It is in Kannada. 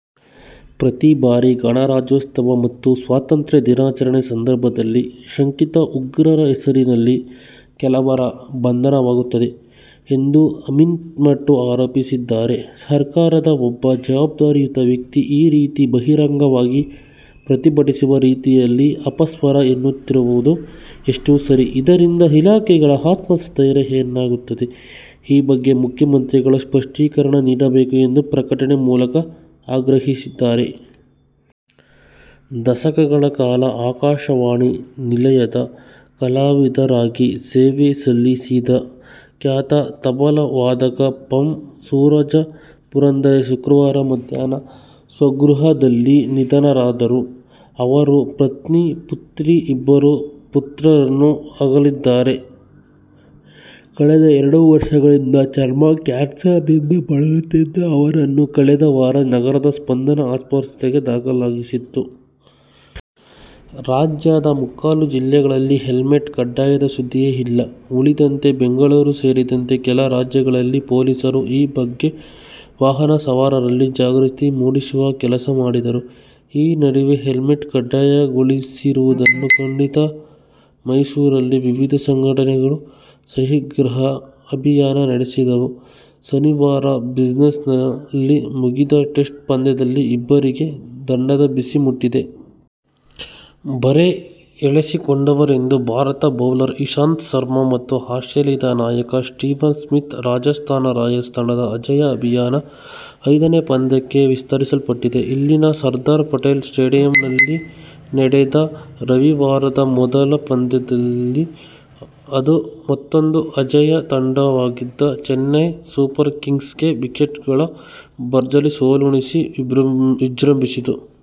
ಪ್ರತಿ ಬಾರಿ ಗಣರಾಜ್ಯೋತ್ಸವ ಮತ್ತು ಸ್ವಾತಂತ್ರ್ಯ ದಿನಾಚರಣೆ ಸಂದರ್ಭದಲ್ಲಿ ಶಂಕಿತ ಉಗ್ರರ ಹೆಸರಿನಲ್ಲಿ ಕೆಲವರ ಬಂಧನವಾಗುತ್ತದೆ ಎಂದು ಅಮಿನ್ಮಟ್ಟು ಆರೋಪಿಸಿದ್ದಾರೆ. ಸರ್ಕಾರದ ಒಬ್ಬ ಜವಾಬ್ದಾರಿಯುತ ವ್ಯಕ್ತಿ ಈ ರೀತಿ ಬಹಿರಂಗವಾಗಿ ಪ್ರತಿಭಟಿಸುವ ರೀತಿಯಲ್ಲಿ ಅಪಸ್ವರ ಎತ್ತಿರುವುದು ಎಷ್ಟು ಸರಿ? ಇದರಿಂದ ಇಲಾಖೆಗಳ ಆತ್ಮಸ್ಥೈರ್ಯ ಏನಾಗುತ್ತದೆ? ಈ ಬಗ್ಗೆ ಮುಖ್ಯಮಂತ್ರಿಗಳು ಸ್ಪಷ್ಟೀಕರಣ ನೀಡಬೇಕು ಎಂದು ಪ್ರಕಟಣೆ ಮೂಲಕ ಆಗ್ರಹಿಸಿದ್ದಾರೆ. ದಶಕಗಳ ಕಾಲ ಆಕಾಶವಾಣಿ ನಿಲಯದ ಕಲಾವಿದರಾಗಿ ಸೇವೆ ಸಲ್ಲಿಸಿದ್ದ ಖ್ಯಾತ ತಬಲಾ ವಾದಕ ಪಂ. ಸೂರಜ ಪುರಂದರೆ ಶುಕ್ರವಾರ ಮಧ್ಯಾಹ್ನ ಸ್ವಗೃಹದಲ್ಲಿ ನಿಧನರಾದರು. ಅವರು ಪತ್ನಿ, ಪುತ್ರಿ, ಇಬ್ಬರು ಪುತ್ರರನ್ನು ಅಗಲಿದ್ದಾರೆ. ಕಳೆದ ಎರಡು ವರ್ಷಗಳಿಂದ ಚರ್ಮ ಕ್ಯಾನ್ಸರ್ನಿಂದ ಬಳಲುತ್ತಿದ್ದ ಅವರನ್ನು ಕಳೆದ ವಾರ ನಗರದ ಸ್ಪಂದನ ಆಸ್ಪತ್ರೆಗೆ ದಾಖಲಿಸಲಾಗಿತ್ತು. ರಾಜ್ಯದ ಮುಕ್ಕಾಲು ಜಿಲ್ಲೆಗಳಲ್ಲಿ ಹೆಲ್ಮೆಟ್ ಕಡ್ಡಾಯದ ಸುದ್ದಿಯೇ ಇಲ್ಲ, ಉಳಿದಂತೆ ಬೆಂಗಳೂರು ಸೇರಿದಂತೆ ಕೆಲ ಜಿಲ್ಲೆಗಳಲ್ಲಿ ಪೊಲೀಸರು ಈ ಬಗ್ಗೆ ವಾಹನ ಸವಾರರಲ್ಲಿ ಜಾಗೃತಿ ಮೂಡಿಸುವ ಕೆಲಸ ಮಾಡಿದರು. ಈ ನಡುವೆ, ಹೆಲ್ಮೆಟ್ ಕಡ್ಡಾಯಗೊಳಿಸಿರುವುದನ್ನು ಖಂಡಿಸಿ ಮೈಸೂರಲ್ಲಿ ವಿವಿಧ ಸಂಘಟನೆಗಳು ಸಹಿಸಂಗ್ರಹ ಅಭಿಯಾನ ನಡೆಸಿದವು. ಶನಿವಾರ ಬ್ರಿಸ್ಬೇನ್ನಲ್ಲಿ ಮುಗಿದ ಟೆಸ್ಟ್ ಪಂದ್ಯದಲ್ಲಿ ಇಬ್ಬರಿಗೆ ದಂಡದ ಬಿಸಿ ಮುಟ್ಟಿದೆ. "ಬರೆ' ಎಳೆಸಿಕೊಂಡವರೆಂದರೆ ಭಾರತದ ಬೌಲರ್ ಇಶಾಂತ್ ಶರ್ಮ ಮತ್ತು ಆಸ್ಟ್ರೇಲಿಯದ ನಾಯಕ ಸ್ಟೀವನ್ ಸ್ಮಿತ್. ರಾಜಸ್ಥಾನ್ ರಾಯಲ್ಸ್ ತಂಡದ ಅಜೇಯ ಅಭಿಯಾನ ಐದನೇ ಪಂದ್ಯಕ್ಕೆ ವಿಸ್ತರಿಸಲ್ಪಟ್ಟಿದೆ. ಇಲ್ಲಿನ "ಸರ್ದಾರ್ ಪಟೇಲ್ ಸ್ಟೇಡಿಯಂ'ನಲ್ಲಿ ನಡೆದ ರವಿವಾರದ ಮೊದಲ ಪಂದ್ಯದಲ್ಲಿ ಅದು ಮತ್ತೂಂದು ಅಜೇಯ ತಂಡವಾಗಿದ್ದ ಚೆನ್ನೈ ಸೂಪರ್ ಕಿಂಗ್ಸ್ಗೆ ವಿಕೆಟ್ಗಳ ಭರ್ಜರಿ ಸೋಲುಣಿಸಿ ವಿಜೃಂಭಿಸಿತು.